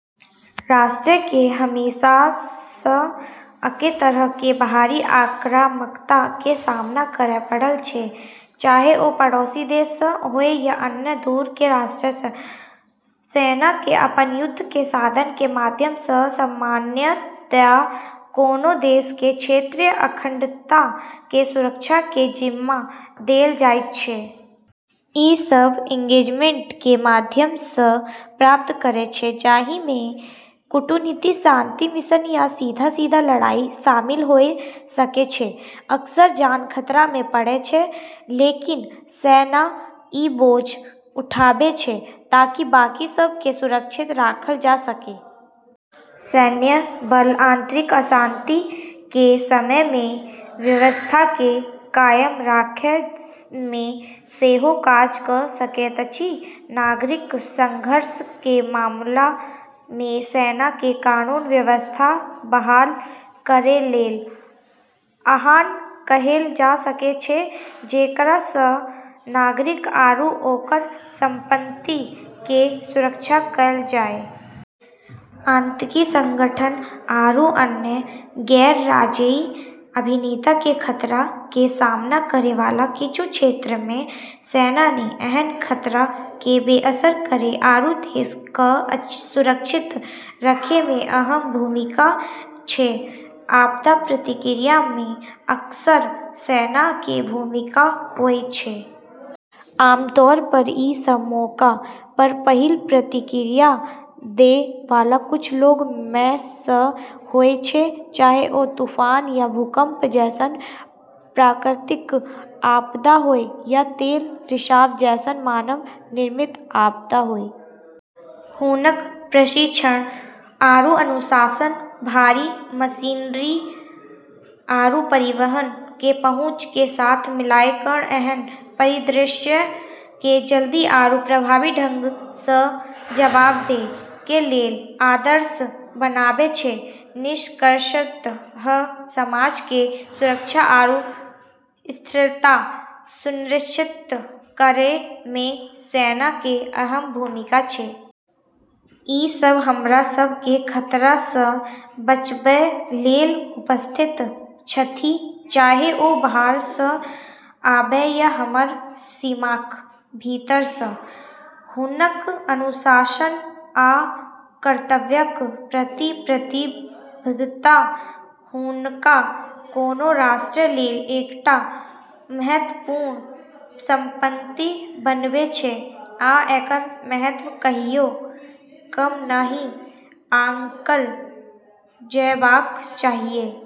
राष्ट्र के हमेशासँ एके तरह के बाहरी आक्रामकता के सामना करय पड़ल छै, चाहे ओ पड़ोसी देश सँ होय या अन्य दूर के राष्ट्र सँ। सेना के अपन युद्ध के साधन के माध्यम सँ सामान्यतया कोनो देश के क्षेत्रीय अखंडता के सुरक्षा के जिम्मा देल जाइत छै। ई सब एंगेजमेंट के माध्यम सँ प्राप्त करै छै जहि में कूटनीति, शांति मिशन या सीधा-सीधा लड़ाई शामिल होय सकै छै। अक्सर जान खतरा में पड़ै छै, लेकिन सेना ई बोझ उठाबै छै ताकि बाकी सब के सुरक्षित राखल जा सकै। सैन्य बल आंतरिक अशांति के समय में व्यवस्था के कायम राखय में सेहो काज क' सकैत अछि। नागरिक संघर्ष के मामला में सेना के कानून-व्यवस्था बहाल करै लेल आह्वान कएल जा सकै छै, जेकरा सँ नागरिक आरू ओकर संपत्ति के सुरक्षा कएल जाय। आतंकी संगठन आरू अन्य गैर-राज्यीय अभिनेता के खतरा के सामना करै वाला किछु क्षेत्र में सेना ने एहन खतरा के बेअसर करै आरू देश क सुरक्षित रखै में अहम भूमिका छै। आपदा प्रतिक्रिया में अक्सर सेना के भूमिका होय छै। आमतौर पर ई सब मौका पर पहिल प्रतिक्रिया दै वाला कुछ लोग में सँ होय छै, चाहे ओ तूफान या भूकंप जैसन प्राकृतिक आपदा होय, या तेल रिसाव जैसन मानव निर्मित आपदा होय। हुनक प्रशिक्षण आरू अनुशासन, भारी मशीनरी आरू परिवहन के पहुँच के साथ मिलाय कऽ एहन परिदृश्य के जल्दी आरू प्रभावी ढंग सँ जवाब दै के लेल आदर्श बनाबै छै। निष्कर्षतः समाज के सुरक्षा आरू स्थिरता सुनिश्चित करै में सेना के अहम भूमिका छै। ई सब हमरा सब के खतरा सँ बचबय लेल उपस्थित छथि, चाहे ओ बाहर सँ आबय या हमर सीमाक भीतर सँ। हुनक अनुशासन आ कर्तव्यक प्रति प्रतिबद्धता हुनका कोनो राष्ट्र लेल एकटा महत्वपूर्ण संपत्ति बनबै छै, आ एकर महत्व कहियो कम नहि आँकल जयबाक चाहियै।